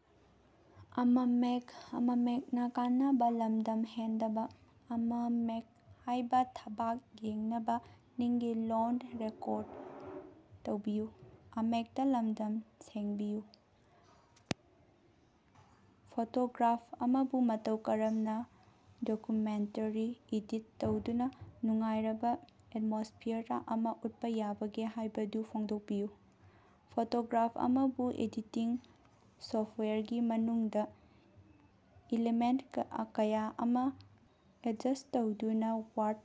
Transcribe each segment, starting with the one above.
Photograph ꯑꯃꯕꯨ ꯃꯇꯧ ꯀꯔꯝꯅ ꯗꯀꯨꯃꯦꯟꯇꯥꯔꯤ ꯏꯗꯤꯠ ꯇꯧꯗꯨꯅ ꯅꯨꯡꯉꯥꯏꯔꯕ ꯑꯦꯠꯃꯣꯁꯐꯤꯌꯥꯔ ꯑꯃ ꯎꯠꯄ ꯌꯥꯕꯒꯦ ꯍꯥꯏꯕꯗꯨ ꯐꯣꯡꯗꯣꯛꯄꯤꯌꯨ꯫ ꯐꯣꯇꯣꯒ꯭ꯔꯥꯐ ꯑꯃꯕꯨ ꯑꯦꯗꯤꯇꯤꯡ ꯁꯣꯐꯇꯋꯥꯌꯔꯒꯤ ꯃꯅꯨꯡꯗ ꯏꯂꯤꯃꯦꯟꯇ ꯀꯌꯥ ꯑꯃ ꯑꯦꯗꯖꯁ꯭ꯠ ꯇꯧꯗꯨꯅ ꯋꯥ꯭ꯔꯝ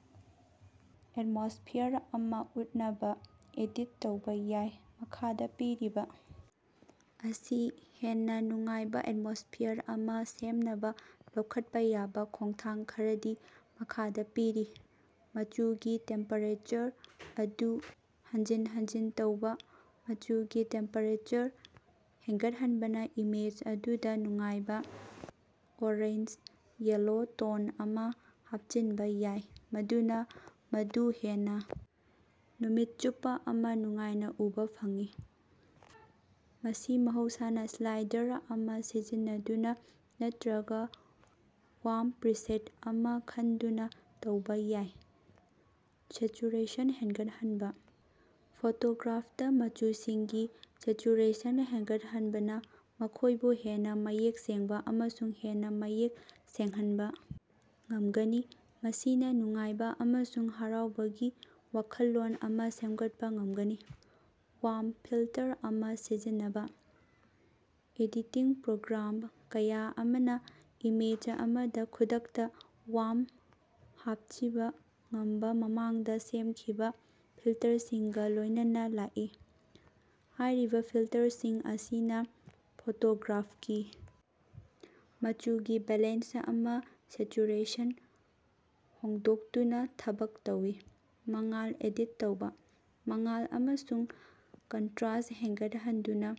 ꯑꯦꯇꯃꯣꯁꯐꯤꯌꯥꯔ ꯑꯃ ꯎꯠꯅꯕ ꯑꯦꯗꯤꯠ ꯇꯧꯕ ꯌꯥꯏ꯫ ꯃꯈꯥꯗ ꯄꯤꯔꯤꯕ ꯑꯁꯤ ꯍꯦꯟꯅ ꯅꯨꯡꯉꯥꯏꯕ ꯑꯦꯠꯃꯣꯁꯐꯤꯌꯥꯔ ꯑꯃ ꯁꯦꯝꯅꯕ ꯂꯧꯈꯠꯄ ꯌꯥꯕ ꯈꯣꯡꯊꯥꯡ ꯈꯔꯗꯤ ꯃꯈꯥꯗ ꯄꯤꯔꯤ - ꯃꯆꯨꯒꯤ ꯇꯦꯝꯄꯦꯔꯦꯆꯔ ꯑꯗꯨ ꯍꯟꯖꯤꯟ ꯍꯟꯖꯤꯟ ꯇꯧꯕ -ꯃꯆꯨꯒꯤ ꯇꯦꯝꯄꯦꯔꯦꯆꯔ ꯍꯦꯟꯒꯠꯍꯟꯕꯅ ꯏꯃꯦꯖ ꯑꯗꯨꯗ ꯅꯨꯡꯉꯥꯏꯕ, ꯑꯣꯔꯦꯟꯖ-ꯌꯦꯂꯣ ꯇꯣꯟ ꯑꯃ ꯍꯥꯞꯆꯤꯟꯕ ꯌꯥꯏ, ꯃꯗꯨꯅ ꯃꯗꯨ ꯍꯦꯟꯅ ꯅꯨꯃꯤꯠ ꯆꯨꯞꯄ ꯑꯃ ꯅꯨꯡꯉꯥꯏꯅ ꯎꯕꯥ ꯐꯪꯏ꯫ ꯃꯁꯤ ꯃꯍꯧꯁꯥꯅ ꯁ꯭ꯂꯥꯏꯗꯔ ꯑꯃ ꯁꯤꯖꯤꯟꯅꯗꯨꯅ ꯅꯠꯇꯔꯒ ꯋꯥꯔꯝ ꯄ꯭ꯔꯤꯁꯦꯠ ꯑꯃ ꯈꯟꯗꯨꯅ ꯇꯧꯕ ꯌꯥꯏ꯫ ꯁꯦꯆꯨꯔꯦꯁꯟ ꯍꯦꯟꯒꯠꯍꯟꯕ - ꯐꯣꯇꯣꯒ꯭ꯔꯥꯐꯇꯥ ꯃꯆꯨꯁꯤꯡꯒꯤ ꯁꯦꯆꯨꯔꯦꯁꯟ ꯍꯦꯟꯒꯠꯍꯟꯕꯅ ꯃꯈꯣꯏꯕꯨ ꯍꯦꯟꯅ ꯃꯌꯦꯛ ꯁꯦꯡꯕ ꯑꯃꯁꯨꯡ ꯍꯦꯟꯅ ꯃꯌꯦꯛ ꯁꯦꯡꯍꯟꯕ ꯉꯝꯒꯅꯤ, ꯃꯁꯤꯅ ꯅꯨꯡꯉꯥꯏꯕ ꯑꯃꯁꯨꯡ ꯍꯔꯥꯎꯕꯒꯤ ꯋꯥꯈꯜꯂꯣꯟ ꯑꯃ ꯁꯦꯝꯒꯠꯄ ꯉꯝꯒꯅꯤ꯫ ꯋꯥꯔꯝ ꯐꯤꯜꯇꯔ ꯑꯃ ꯁꯤꯖꯤꯟꯅꯕ - ꯑꯦꯗꯤꯇꯤꯡ ꯄ꯭ꯔꯣꯒ꯭ꯔꯥꯝ ꯀꯌꯥ ꯑꯃꯅ ꯏꯃꯦꯖ ꯑꯃꯗ ꯈꯨꯗꯛꯇ ꯋꯥꯔꯝ ꯍꯥꯞꯆꯤꯕ ꯉꯝꯕ ꯃꯃꯥꯡꯗ ꯁꯦꯝꯈꯤꯕ ꯐꯤꯜꯇꯔꯁꯤꯡꯒ ꯂꯣꯏꯅꯅ ꯂꯥꯛꯏ꯫ ꯍꯥꯏꯔꯤꯕ ꯐꯤꯜꯇꯔꯁꯤꯡ ꯑꯁꯤꯅ ꯐꯣꯇꯣꯒ꯭ꯔꯥꯐꯀꯤ ꯃꯆꯨꯒꯤ ꯕꯦꯂꯦꯟꯁ ꯑꯃꯁꯨꯡ ꯁꯦꯆꯨꯔꯦꯁꯟ ꯍꯣꯡꯗꯣꯛꯇꯨꯅ ꯊꯕꯛ ꯇꯧꯏ꯫ ꯃꯉꯥꯜ ꯑꯦꯗꯤꯠ ꯇꯧꯕ - ꯃꯉꯥꯜ ꯑꯃꯁꯨꯡ ꯀꯟꯇꯔ꯭ꯁꯠ ꯍꯦꯟꯒꯠꯍꯟꯗꯨꯅ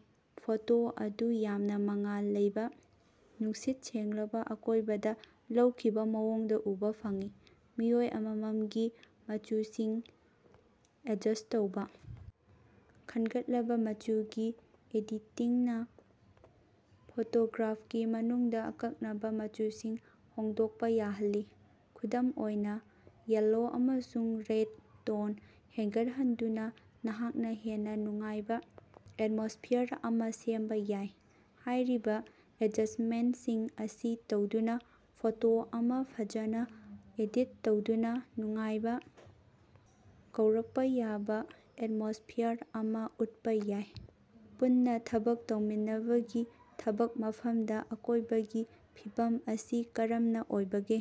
ꯐꯣꯇꯣ ꯑꯗꯨ ꯌꯥꯝꯅ ꯃꯉꯥꯜ ꯂꯩꯕ, ꯅꯨꯡꯁꯤꯠ ꯁꯦꯡꯂꯕ ꯑꯀꯣꯏꯕꯗ ꯂꯧꯈꯤꯕ ꯃꯑꯣꯡꯗ‌ ꯎꯕꯥ ꯐꯪꯏ꯫ ꯃꯤꯑꯣꯏ ꯑꯃꯃꯝꯒꯤ ꯃꯆꯨꯁꯤꯡ ꯑꯦꯗꯖꯁ꯭ꯠ ꯇꯧꯕ - ꯈꯟꯒꯠꯂꯕ ꯃꯆꯨꯒꯤ ꯑꯦꯗꯤꯇꯤꯡꯅ ꯐꯣꯇꯣꯒ꯭ꯔꯥꯐꯀꯤ ꯃꯅꯨꯡꯗ ꯑꯀꯛꯅꯕ ꯃꯆꯨꯁꯤꯡ ꯍꯣꯡꯗꯣꯛꯄ ꯌꯥꯍꯜꯂꯤ꯫ ꯈꯨꯗꯝ ꯑꯣꯏꯅ, ꯌꯦꯜꯂꯣ ꯑꯃꯁꯨꯡ ꯔꯦꯗ ꯇꯣꯟ ꯍꯦꯟꯒꯠꯍꯟꯗꯨꯅ ꯅꯍꯥꯛꯅ ꯍꯦꯟꯅ ꯅꯨꯡꯉꯥꯏꯕ ꯑꯦꯠꯃꯣꯁ꯭ꯐꯤꯌꯥꯔ ꯑꯃ ꯁꯦꯝꯕ ꯌꯥꯏ꯫ ꯍꯥꯏꯔꯤꯕ ꯑꯦꯗꯖꯁ꯭ꯇꯃꯦꯟꯇꯁꯤꯡ ꯑꯁꯤ ꯇꯧꯗꯨꯅ ꯐꯣꯇꯣ ꯑꯃ ꯐꯖꯅ ꯑꯦꯗꯤꯠ ꯇꯧꯗꯨꯅ ꯅꯨꯡꯉꯥꯏꯕ, ꯀꯧꯔꯛꯄ ꯌꯥꯕ ꯑꯦꯠꯃꯣꯁ꯭ꯐꯤꯌꯥꯔ ꯑꯃ ꯎꯠꯄ ꯌꯥꯏ꯫ ꯄꯨꯟꯅ ꯊꯕꯛ ꯇꯧꯃꯤꯟꯅꯕꯒꯤ ꯊꯕꯛ ꯃꯐꯝꯗ ꯑꯀꯣꯏꯕꯒꯤ ꯐꯤꯕꯝ ꯑꯁꯤ ꯀꯔꯝꯅ ꯑꯣꯏꯕꯒꯦ?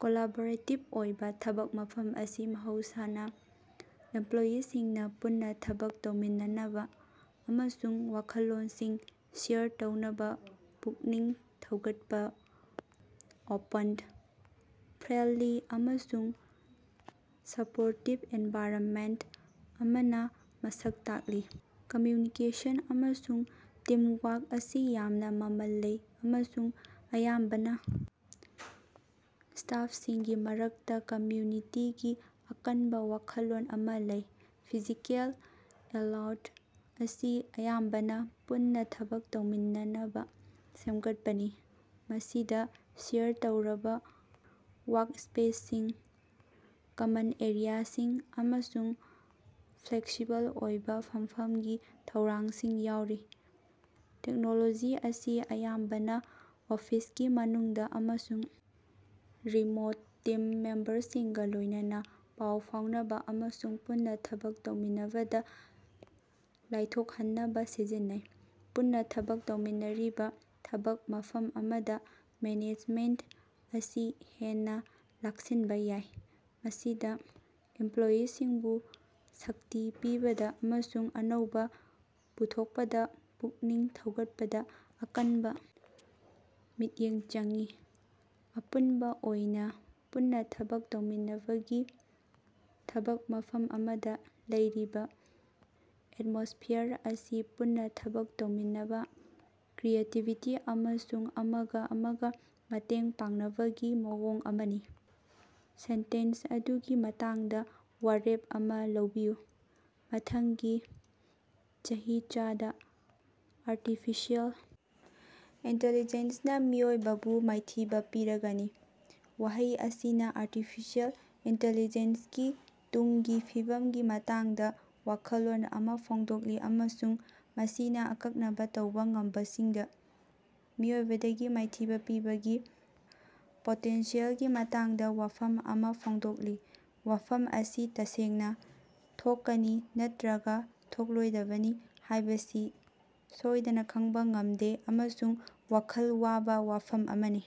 ꯀꯣꯂꯥꯕꯣꯔꯦꯇꯤꯕ ꯑꯣꯏꯕ ꯊꯕꯛ ꯃꯐꯝ ꯑꯁꯤ ꯃꯍꯧꯁꯥꯅ ꯏꯝꯄ꯭ꯂꯣꯌꯤꯁꯤꯡꯅ ꯄꯨꯟꯅ ꯊꯕꯛ ꯇꯧꯃꯤꯟꯅꯅꯕ ꯑꯃꯁꯨꯡ ꯋꯥꯈꯜꯂꯣꯟꯁꯤꯡ ꯁꯦꯌꯔ ꯇꯧꯅꯕ ꯄꯨꯛꯅꯤꯡ ꯊꯧꯒꯠꯄ ꯑꯣꯄꯟ, ꯐ꯭ꯔꯦꯟꯗꯂꯤ ꯑꯃꯁꯨꯡ ꯁꯄꯣꯔꯇꯤꯕ ꯑꯦꯟꯚꯥꯏꯔꯟꯃꯦꯟꯇ ꯑꯃꯅ ꯃꯁꯛ ꯇꯥꯛꯂꯤ꯫ ꯀꯝꯃ꯭ꯌꯨꯅꯤꯀꯦꯁꯟ ꯑꯃꯁꯨꯡ ꯇꯤꯝꯋꯥꯔꯛ ꯑꯁꯤ ꯌꯥꯝꯅ ꯃꯃꯜ ꯂꯩ, ꯑꯃꯁꯨꯡ ꯑꯌꯥꯝꯕꯅ ꯁ꯭ꯇꯥꯐꯁꯤꯡꯒꯤ ꯃꯔꯛꯇ ꯀꯝꯃ꯭ꯌꯨꯅꯤꯇꯤꯒꯤ ꯑꯀꯟꯕ ꯋꯥꯈꯜꯂꯣꯟ ꯑꯃ ꯂꯩ꯫ ꯐꯤꯖꯤꯀꯦꯜ ꯂꯦꯑꯥꯎꯠ ꯑꯁꯤ ꯑꯌꯥꯝꯕꯅ ꯄꯨꯟꯅ ꯊꯕꯛ ꯇꯧꯃꯤꯟꯅꯅꯕ ꯁꯦꯝꯒꯠꯄꯅꯤ, ꯃꯁꯤꯗ ꯁꯦꯌꯔ ꯇꯧꯔꯕ ꯋꯥꯔꯛꯁ꯭ꯄꯦꯁꯁꯤꯡ, ꯀꯃꯟ ꯑꯦꯔꯤꯌꯥꯁꯤꯡ, ꯑꯃꯁꯨꯡ ꯐ꯭ꯂꯦꯛꯁꯤꯕꯜ ꯑꯣꯏꯕ ꯐꯝꯐꯝꯒꯤ ꯊꯧꯔꯥꯡꯁꯤꯡ ꯌꯥꯎꯔꯤ꯫ ꯇꯦꯛꯅꯣꯂꯣꯖꯤ ꯑꯁꯤ ꯑꯌꯥꯝꯕꯅ ꯑꯣꯐꯤꯁꯀꯤ ꯃꯅꯨꯡꯗ ꯑꯃꯁꯨꯡ ꯔꯤꯃꯣꯠ ꯇꯤꯝ ꯃꯦꯝꯕꯔꯁꯤꯡꯒ ꯂꯣꯏꯅꯅ ꯄꯥꯎ ꯐꯥꯎꯅꯕ ꯑꯃꯁꯨꯡ ꯄꯨꯟꯅ ꯊꯕꯛ ꯇꯧꯃꯤꯟꯅꯕꯗ ꯂꯥꯏꯊꯣꯛꯍꯟꯅꯕ ꯁꯤꯖꯤꯟꯅꯩ꯫ ꯄꯨꯟꯅ ꯊꯕꯛ ꯇꯧꯃꯤꯟꯅꯔꯤꯕ ꯊꯕꯛ ꯃꯐꯝ ꯑꯃꯗ ꯃꯦꯅꯦꯖꯃꯦꯟꯇ ꯑꯁꯤ ꯍꯦꯟꯅ ꯂꯥꯛꯁꯤꯟꯕ ꯌꯥꯏ, ꯃꯁꯤꯗ ꯏꯝꯄ꯭ꯂꯣꯌꯤꯁꯤꯡꯕꯨ ꯁꯛꯇꯤ ꯄꯤꯕꯗ ꯑꯃꯁꯨꯡ ꯑꯅꯧꯕ ꯄꯨꯊꯣꯛꯄꯗ ꯄꯨꯛꯅꯤꯡ ꯊꯧꯒꯠꯄꯗ ꯑꯀꯟꯕ ꯃꯤꯠꯌꯦꯡ ꯆꯪꯏ꯫ ꯑꯄꯨꯟꯕ ꯑꯣꯏꯅ, ꯄꯨꯟꯅ ꯊꯕꯛ ꯇꯧꯃꯤꯟꯅꯕꯒꯤ ꯊꯕꯛ ꯃꯐꯝ ꯑꯃꯗ ꯂꯩꯔꯤꯕ ꯑꯦꯠꯃꯣꯁ꯭ꯐꯤꯌꯥꯔ ꯑꯁꯤ ꯄꯨꯟꯅ ꯊꯕꯛ ꯇꯧꯃꯤꯟꯅꯕ, ꯀ꯭ꯔꯤꯌꯦꯇꯤꯕꯤꯇꯤ ꯑꯃꯁꯨꯡ ꯑꯃꯒ ꯑꯃꯒ ꯃꯇꯦꯡ ꯄꯥꯡꯅꯕꯒꯤ ꯃꯑꯣꯡ ꯑꯃꯅꯤ꯫ ꯁꯦꯟꯇꯦꯟꯁ ꯑꯗꯨꯒꯤ ꯃꯇꯥꯡꯗ ꯋꯥꯔꯦꯞ ꯑꯃ ꯂꯧꯕꯤꯌꯨ꯫ ꯃꯊꯪꯒꯤ ꯆꯍꯤꯆꯥꯗ ꯑꯥꯔꯇꯤꯐꯤꯁꯤꯑꯦꯜ ꯏꯟꯇꯦꯂꯤꯖꯦꯟꯁꯅ ꯃꯤꯑꯣꯏꯕꯕꯨ ꯃꯥꯏꯊꯤꯕ ꯄꯤꯔꯒꯅꯤ꯫ ꯋꯥꯍꯩ ꯑꯁꯤꯅ ꯑꯥꯔꯇꯤꯐꯤꯁꯤꯑꯦꯜ ꯏꯟꯇꯦꯂꯤꯖꯦꯟꯁꯀꯤ ꯇꯨꯡꯒꯤ ꯐꯤꯕꯝꯒꯤ ꯃꯇꯥꯡꯗ ꯋꯥꯈꯜꯂꯣꯟ ꯑꯃ ꯐꯣꯡꯗꯣꯛꯂꯤ ꯑꯃꯁꯨꯡ ꯃꯁꯤꯅ ꯑꯀꯛꯅꯕ ꯇꯧꯕ ꯉꯝꯕꯁꯤꯡꯗ ꯃꯤꯑꯣꯏꯕꯗꯒꯤ ꯃꯥꯏꯊꯤꯕ ꯄꯤꯕꯒꯤ ꯄꯣꯇꯦꯟꯁꯤꯌꯦꯜꯒꯤ ꯃꯇꯥꯡꯗ ꯋꯥꯐꯝ ꯑꯃ ꯐꯣꯡꯗꯣꯛꯂꯤ꯫ ꯋꯥꯐꯝ ꯑꯁꯤ ꯇꯁꯦꯡꯅ ꯊꯣꯛꯀꯅꯤ ꯅꯠꯇꯔꯒ ꯊꯣꯛꯂꯣꯏꯗꯕꯅꯤ ꯍꯥꯏꯕꯁꯤ ꯁꯣꯏꯗꯅ ꯈꯪꯕ ꯉꯝꯗꯦ ꯑꯃꯁꯨꯡ ꯋꯥꯈꯜ ꯋꯥꯕ ꯋꯥꯐꯝ ꯑꯃꯅꯤ꯫